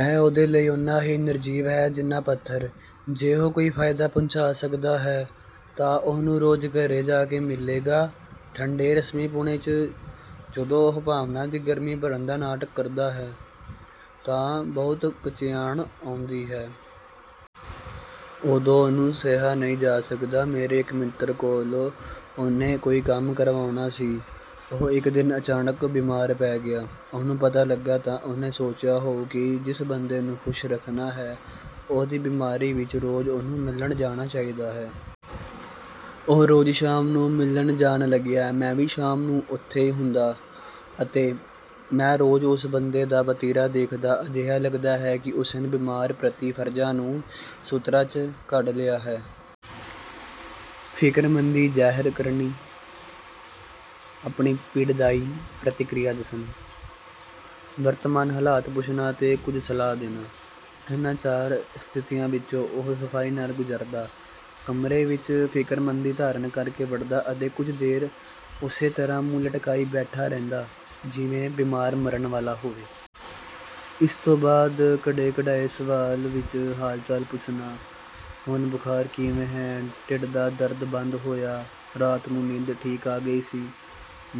ਇਹ ਉਹਦੇ ਲਈ ਓਨਾ ਹੀ ਨਿਰਜੀਵ ਹੈ ਜਿੰਨਾ ਪੱਥਰ। ਜੇ ਉਹ ਕੋਈ ਫਾਇਦਾ ਪਹੁੰਚਾ ਸਕਦਾ ਹੈ ਤਾਂ ਉਹਨੂੰ ਰੋਜ਼ ਘਰੇ ਜਾ ਕੇ ਮਿਲੇਗਾ। ਠੰਡੇ ਰਸਮੀਪੁਣੇ 'ਚ ਜਦੋਂ ਉਹ ਭਾਵਨਾ ਦੀ ਗਰਮੀ ਭਰਨ ਦਾ ਨਾਟਕ ਕਰਦਾ ਹੈ ਤਾਂ ਬਹੁਤ ਕਚਿਆਣ ਆਉਂਦੀ ਹੈ। ਉਦੋਂ ਉਹਨੂੰ ਸਹਿਆ ਨਹੀਂ ਜਾ ਸਕਦਾ। ਮੇਰੇ ਇੱਕ ਮਿੱਤਰ ਕੋਲੋਂ ਉਹਨੇ ਕੋਈ ਕੰਮ ਕਰਵਾਉਣਾ ਸੀ। ਉਹ ਇੱਕ ਦਿਨ ਅਚਾਨਕ ਬਿਮਾਰ ਪੈ ਗਏ। ਉਹਨੂੰ ਪਤਾ ਲੱਗ ਤਾਂ ਉਹਨੇ ਸੋਚਿਆ ਹੋਊ ਕਿ ਜਿਸ ਬੰਦੇ ਨੂੰ ਖੁਸ਼ ਰੱਖਣਾ ਹੈ, ਉਹਦੀ ਬਿਮਾਰੀ ਵਿੱਚ ਰੋਜ਼ ਉਸਨੂੰ ਮਿਲਣ ਜਾਣਾ ਚਾਹੀਦਾ ਹੈ। ਉਹ ਰੋਜ਼ ਸ਼ਾਮ ਨੂੰ ਮਿਲਣ ਜਾਣ ਲੱਗਿਆ। ਮੈਂ ਵੀ ਸ਼ਾਮ ਨੂੰ ਉੱਥੇ ਹੁੰਦਾ ਅਤੇ ਮੈਂ ਰੋਜ਼ ਉਸ ਬੰਦੇ ਦਾ ਵਤੀਰਾ ਦੇਖਦਾ। ਅਜਿਹਾ ਲਗਦਾ ਹੈ ਕਿ ਉਸਨੇ ਬਿਮਾਰ ਪ੍ਰਤੀ ਫਰਜ਼ਾਂ ਨੂੰ ਸੂਤਰਾਂ 'ਚ ਘੜ ਲਿਆ ਹੈ। ਫਿਕਰਮੰਦੀ ਜ਼ਾਹਿਰ ਕਰਨੀ, ਆਪਣੀ ਪੀੜਦਾਈ ਪ੍ਰਤੀਕਿਰਿਆ ਦੱਸਨਾ, ਵਰਤਮਾਨ ਹਾਲਤ ਪੁੱਛਨਾ ਅਤੇ ਕੁਝ ਸਲਾਹ ਦੇਨਾ। ਇਹਨਾਂ ਚਾਰਾਂ ਸਥਿਤੀਆਂ ਵਿੱਚੋਂ ਉਹ ਸਫਾਈ ਨਾਲ ਗੁਜ਼ਰਦਾ। ਕਮਰੇ ਵਿੱਚ ਫਿਕਰਮੰਦੀ ਧਾਰਨ ਕਰਕੇ ਵੜਦਾ ਅਤੇ ਕੁਝ ਦੇਰ ਉਸੇ ਤਰ੍ਹਾਂ ਮੂੰਹ ਲਟਕਾਈ ਬੈਠਾ ਰਹਿੰਦਾ, ਜਿਵੇਂ ਬਿਮਾਰ ਮਰਨ ਵਾਲਾ ਹੋਵੇ। ਇਸਤੋਂ ਬਾਅਦ ਘੜੇ-ਘੜਾਏ ਸਵਾਲ ਵਿੱਚ ਹਾਲਚਾਲ ਪੁੱਛਣਾ। "ਹੁਣ ਬੁਖਾਰ ਕਿਵੇਂ ਹੈ? ਢਿੱਡ ਦਾ ਦਰਦ ਬੰਦ ਹੋਇਆ? ਰਾਤ ਨੂੰ ਨੀਂਦ ਤਾਂ ਠੀਕ ਆ ਗਈ ਸੀ?"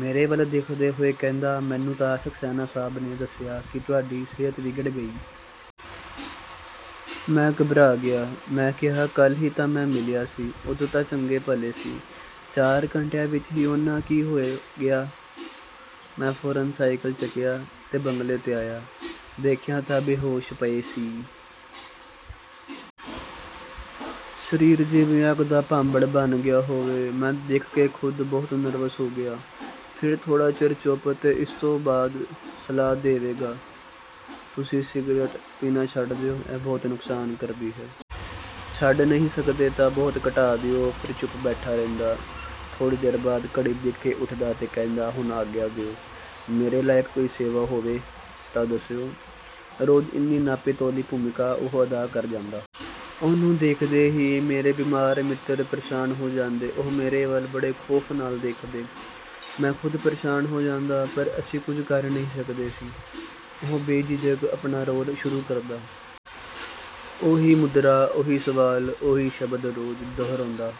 ਮੇਰੇ ਵੱਲ ਦੇਖਦੇ ਹੋਏ ਕਹਿੰਦਾ, "ਮੈਨੂੰ ਤਾਂ ਸਕਸੈਨਾ ਸਾਹਬ ਨੇ ਦੱਸਿਆ ਕਿ ਤੁਹਾਡੀ ਸਿਹਤ ਵਿਗੜ ਗਈ। ਮੈਂ ਘਬਰਾ ਗਿਆ। ਮੈਂ ਕਿਹਾ, ਕੱਲ ਹੀ ਤਾਂ ਮੈਂ ਮਿਲਿਆ ਸੀ, ਉਦੋਂ ਤਾਂ ਚੰਗੇ-ਭਲੇ ਸੀ। ਚਾਰ ਘੰਟਿਆਂ ਵਿੱਚ ਹੀ ਉਹਨਾਂ ਕੀ ਹੋ ਗਿਆ? ਮੈਂ ਫੌਰਨ ਸਾਇਕਲ ਚੱਕਿਆ ਤੇ ਬੰਗਲੇ 'ਤੇ ਆਇਆ। ਦੇਖਿਆ ਤਾਂ ਬੇਹੋਸ਼ ਪਏ ਸੀ। ਸਰੀਰ ਜਿਵੇਂ ਅੱਗ ਦਾ ਭਾਂਬੜ ਬਣ ਗਿਆ ਹੋਵੇ। ਮੈਂ ਦੇਖ ਕੇ ਖੁਦ ਬਹੁਤ ਨਰਵਸ ਹੋ ਗਿਆ।" ਫਿਰ ਥੋੜਾ ਚਿਰ ਚੁੱਪ। ਇਸਤੋਂ ਬਾਅਦ ਸਲਾਹ ਦੇਵੇਗਾ, "ਤੁਸੀਂ ਸਿਗਰਟ ਪੀਣਾ ਛੱਡ ਦਿਓ। ਇਹ ਬਹੁਤ ਨੁਕਸਾਨ ਕਰਦੀ ਹੈ। ਛੱਡ ਨਹੀਂ ਸਕਦੇ ਤਾਂ ਬਹੁਤ ਘਟਾ ਦਿਓ।" ਫਿਰ ਚੁੱਪ ਬੈਠਾ ਰਹਿੰਦਾ। ਥੋੜੀ ਦੇਰ ਬਾਅਦ ਘੜੀ ਦੇਖ ਕੇ ਉੱਠਦਾ ਤੇ ਕਹਿੰਦਾ, "ਹੁਣ ਆਗਿਆ ਦਿਓ, ਮੇਰੇ ਲਾਇਕ ਕੋਈ ਸੇਵਾ ਹੋਵੇ ਤਾਂ ਦੱਸਿਓ।" ਰੋਜ਼ ਇੰਨੀ ਨਾਪੀ-ਤੋਲੀ ਭੂਮਿਕਾ ਉਹ ਅਦਾ ਕਰ ਜਾਂਦਾ। ਉਹਨੂੰ ਦੇਖਦੇ ਹੀ ਮੇਰੇ ਬਿਮਾਰ ਮਿੱਤਰ ਪ੍ਰੇਸ਼ਾਨ ਹੋ ਜਾਂਦੇ। ਉਹ ਮੇਰੇ ਵੱਲ ਬੜੇ ਖੌਫ ਨਾਲ ਦੇਖਦੇ। ਮੈਂ ਖੁਦ ਪ੍ਰੇਸ਼ਾਨ ਹੋ ਜਾਂਦਾ, ਪਰ ਅਸੀਂ ਕੁਝ ਕਰ ਨਹੀਂ ਸਕਦੇ ਸੀ। ਉਹ ਬੇਝਿਜਕ ਆਪਣਾ ਰੋਲ ਸ਼ੁਰੂ ਕਰਦਾ। ਉਹੀ ਮੁਦਰਾ, ਉਹੀ ਸਵਾਲ, ਉਹੀ ਸ਼ਬਦ ਰੋਜ਼ ਦੁਹਰਾਉਂਦਾ।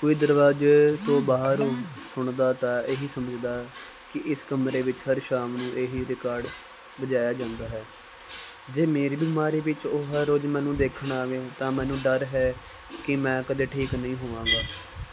ਕੋਈ ਦਰਵਾਜ਼ੇ ਤੋਂ ਬਾਹਰੋਂ ਸੁਣਦਾ, ਤਾਂ ਇਹੀ ਸਮਝਦਾ ਕਿ ਇਸ ਕਮਰੇ ਵਿੱਚ ਹਰ ਸ਼ਾਮ ਨੂੰ ਇਹੀ ਰਿਕਾਰਡ ਵਜਾਇਆ ਜਾਂਦਾ ਹੈ। ਜੇ ਮੇਰੀ ਬਿਮਾਰੀ ਵਿੱਚ ਉਹ ਹਰ ਰੋਜ਼ ਮੈਨੂੰ ਦੇਖਣ ਆਵੇ ਤਾਂ ਮੈਨੂੰ ਡਰ ਹੈ ਕਿ ਮੈਂ ਕਦੇ ਠੀਕ ਨਹੀਂ ਹੋਵਾਂਗਾ।